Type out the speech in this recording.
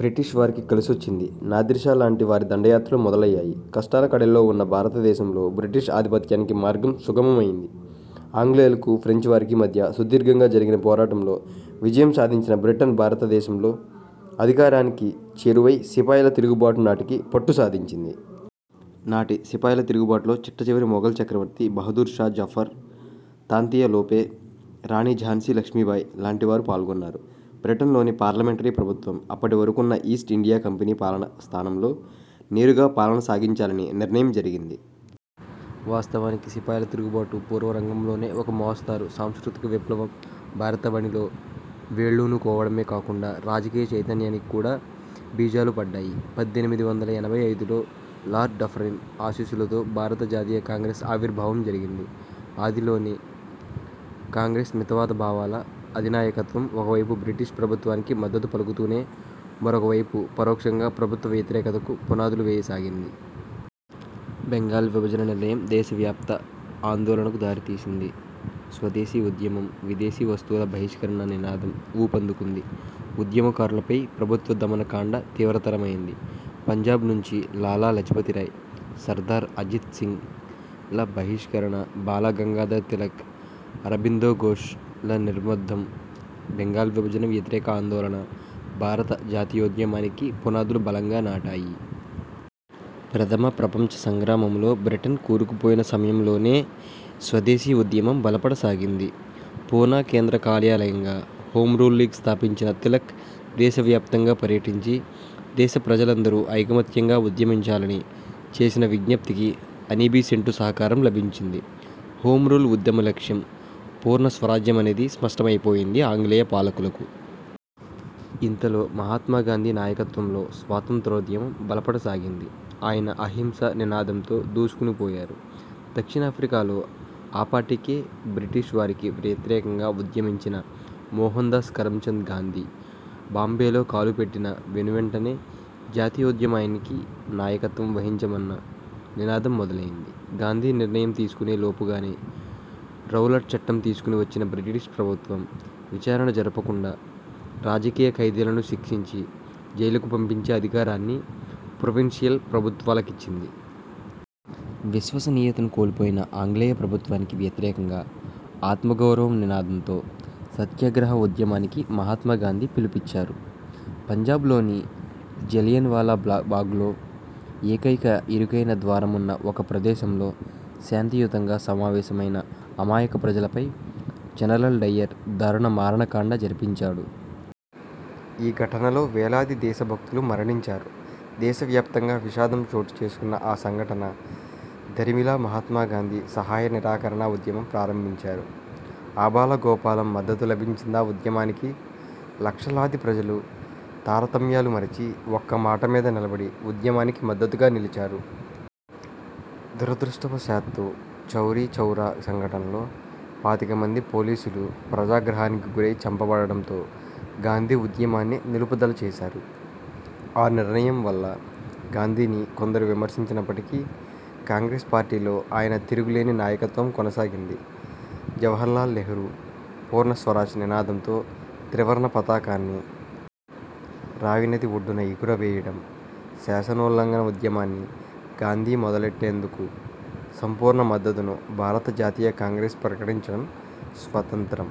British వారికి కలిసొచ్చింది. Nadir Shah లాంటి వారి దండయాత్రలు మొదలయ్యాయి. కష్టాల కడలిలో ఉన్న భారతదేశంలో బ్రిటిష్ ఆధిపత్యానికి మార్గం సుగమం అయింది. ఆంగ్లేయులకు, ఫ్రెంచ్ వారికి మధ్య సుదీర్ఘంగా జరిగిన పోరాటంలో విజయం సాధించిన బ్రిటన్ భారత దేశంలో అధికారానికి చేరువై, సిపాయిల తిరుగుబాటు నాటికి పట్టు సాధించింది. నాటి సిపాయిల తిరుగుబాటులో చిట్టచివరి మొఘల్ చక్రవర్తి బహదూర్ షా జఫర్, తాంతియా తోపే, రాణి ఝాన్సీ లక్ష్మి బాయి లాంటి వారు పాల్గొన్నారు. బ్రిటన్ లోని పార్లమెంటరీ ప్రభుత్వం, అప్పటివరకున్న ఈస్ట్ ఇండియా కంపెనీ పాలన స్థానంలో, నేరుగా పాలన సాగించాలని నిర్ణయం జరిగింది. వాస్తవానికి, సిపాయిల తిరుగుబాటు పూర్వ రంగంలోనే, ఒక మోస్తరు సాంస్కృతిక విప్లవం, భారతావనిలో వేళ్లూనుకోవడమే కాకుండా, రాజకీయ చైతన్యానికి కూడా బీజాలు పడ్డాయి. పద్దెనిమిది వందల ఎనభై ఐదులో లార్డ్ డఫరిన్ ఆశీస్సులతో భారత జాతీయ కాంగ్రెస్ ఆవిర్భావం జరిగింది. ఆదిలోని కాంగ్రెస్ మితవాద భావాల అధినాయకత్వం ఒక వైపు బ్రిటీష్ ప్రభుత్వానికి మద్దతు పలుకుతూనే, మరొక వైపు, పరోక్షంగా ప్రభుత్వ వ్యతిరేకతకు పునాదులు వేయ సాగింది. బెంగాల్ విభజన నిర్ణయం, దేశ వ్యాప్త ఆందోళనకు దారితీసింది. స్వదేశీ ఉద్యమం, విదేశీ వస్తువుల బహిష్కరణ నినాదం ఊపందుకుంది. ఉద్యమ కారులపై ప్రభుత్వ దమన కాండ తీవ్రతరమైంది. పంజాబ్ నుంచి లాలా లజపతి రాయ్, సర్దార్ అజిత్ సింగ్ ల బహిష్కరణ, బాల గంగాధర తిలక్, అరబిందో ఘోష్ ల నిర్బంధం, బెంగాల్ విభజన వ్యతిరేక ఆందోళన, భారత జాతీయోద్యమానికి పునాదులు బలంగా నాటాయి.. ప్రథమ ప్రపంచ సంగ్రామంలో బ్రిటన్ కూరుకుపోయిన సమయంలోనే, స్వదేశీ ఉద్యమం బలపడ సాగింది. పూనా కేంద్ర కార్యాలయంగా, హోం రూల్ లీగ్ స్థాపించిన తిలక్ దేశ వ్యాప్తంగా పర్యటించి, దేశ ప్రజలందరూ ఐకమత్యంగా ఉద్యమించాలని చేసిన విజ్ఞప్తికి అనీబీ సెంటు సహకారం లభించింది. హోం రూల్ ఉద్యమ లక్ష్యం పూర్ణ స్వరాజ్యమనేది స్పష్టమైపోయింది ఆంగ్లేయ పాలకులకు. ఇంతలో, మహాత్మా గాంధీ నాయకత్వంలో స్వాతంత్ర్యోద్యమం బలపడ సాగింది. ఆయన 'అహింస' నినాదంతో దూసుకుని పోయారు. దక్షిణాఫ్రికాలో ఆపాటికే బ్రిటీష్ వారికి వ్యతిరేకంగా ఉద్యమించిన మోహన్ దాస్ కరంచంద్ గాంధీ, బాంబేలో కాలు పెట్టిన వెను వెంటనే, జాతీయోద్యమానికి నాయకత్వం వహించమన్న నినాదం మొదలైంది. గాంధీ నిర్ణయం తీసుకునే లోపుగానే, రౌలట్ చట్టం తీసుకొని వచ్చిన బ్రిటీష్ ప్రభుత్వం, విచారణ జరపకుండా, రాజకీయ ఖైదీలను శిక్షించి, జైలుకు పంపించే అధికారాన్ని ప్రొవిన్షియల్ ప్రభుత్వాలకిచ్చింది. విశ్వసనీయతను కోల్పోయిన ఆంగ్లేయ ప్రభుత్వానికి వ్యతిరేకంగా, 'ఆత్మ గౌరవం నినాదంతో. సత్యాగ్రహ ఉద్యమానికి మహాత్మా గాంధీ పిలుపిచ్చారు. పంజాబ్ లోని జలియన్ వాలాబాగ్లో, ఏకైక ఇరుకైన ద్వారమున్న ఒక ప్రదేశంలో శాంతి యుతంగా సమావేశమైన అమాయక ప్రజలపై జనరల్ డయ్యర్ దారుణ మారణ కాండ జరిపించాడు. ఈ ఘటనలో వేలాది దేశ భక్తులు మరణించారు. దేశ వ్యాప్తంగా విషాదం చోటు చేసుకున్న ఆ సంఘటన దరిమిలా మహాత్మా గాంధీ సహాయ నిరాకరణ ఉద్యమం ప్రారంభించారు. ఆబాల గోపాలం మద్దతు లభించిందా ఉద్యమానికి. లక్షలాది ప్రజలు, తార తమ్యాలు మరిచి, ఒక్క మాట మీద నిలబడి ఉద్యమానికి మద్దతుగా నిలిచారు. దురదృష్టవశాత్తు చౌరీచౌరా సంఘటనలో పాతిక మంది పోలీసులు ప్రజాగ్రహానికి గురై చంప బడడంతో, గాంధీ ఉద్యమాన్ని నిలుపుదల చేశారు. ఆ నిర్ణయం వల్ల గాంధీని కొందరు విమర్శించినప్పటికీ, కాంగ్రెస్ పార్టీలో ఆయన తిరుగులేని నాయకత్వం కొనసాగింది. జవహర్లాల్ నెహ్రూ పూర్ణ స్వరాజ్ నినాదంతో త్రివర్ణ పతాకాన్ని రావి నది ఒడ్డున ఎగురవేయడం, శాసనోల్లంఘన ఉద్యమాన్ని గాందీ మొదలెట్టేందుకు సంపూర్ణ మద్దతును భారత జాతీయ కాంగ్రెస్ ప్రకటించడం, స్వతంత్రం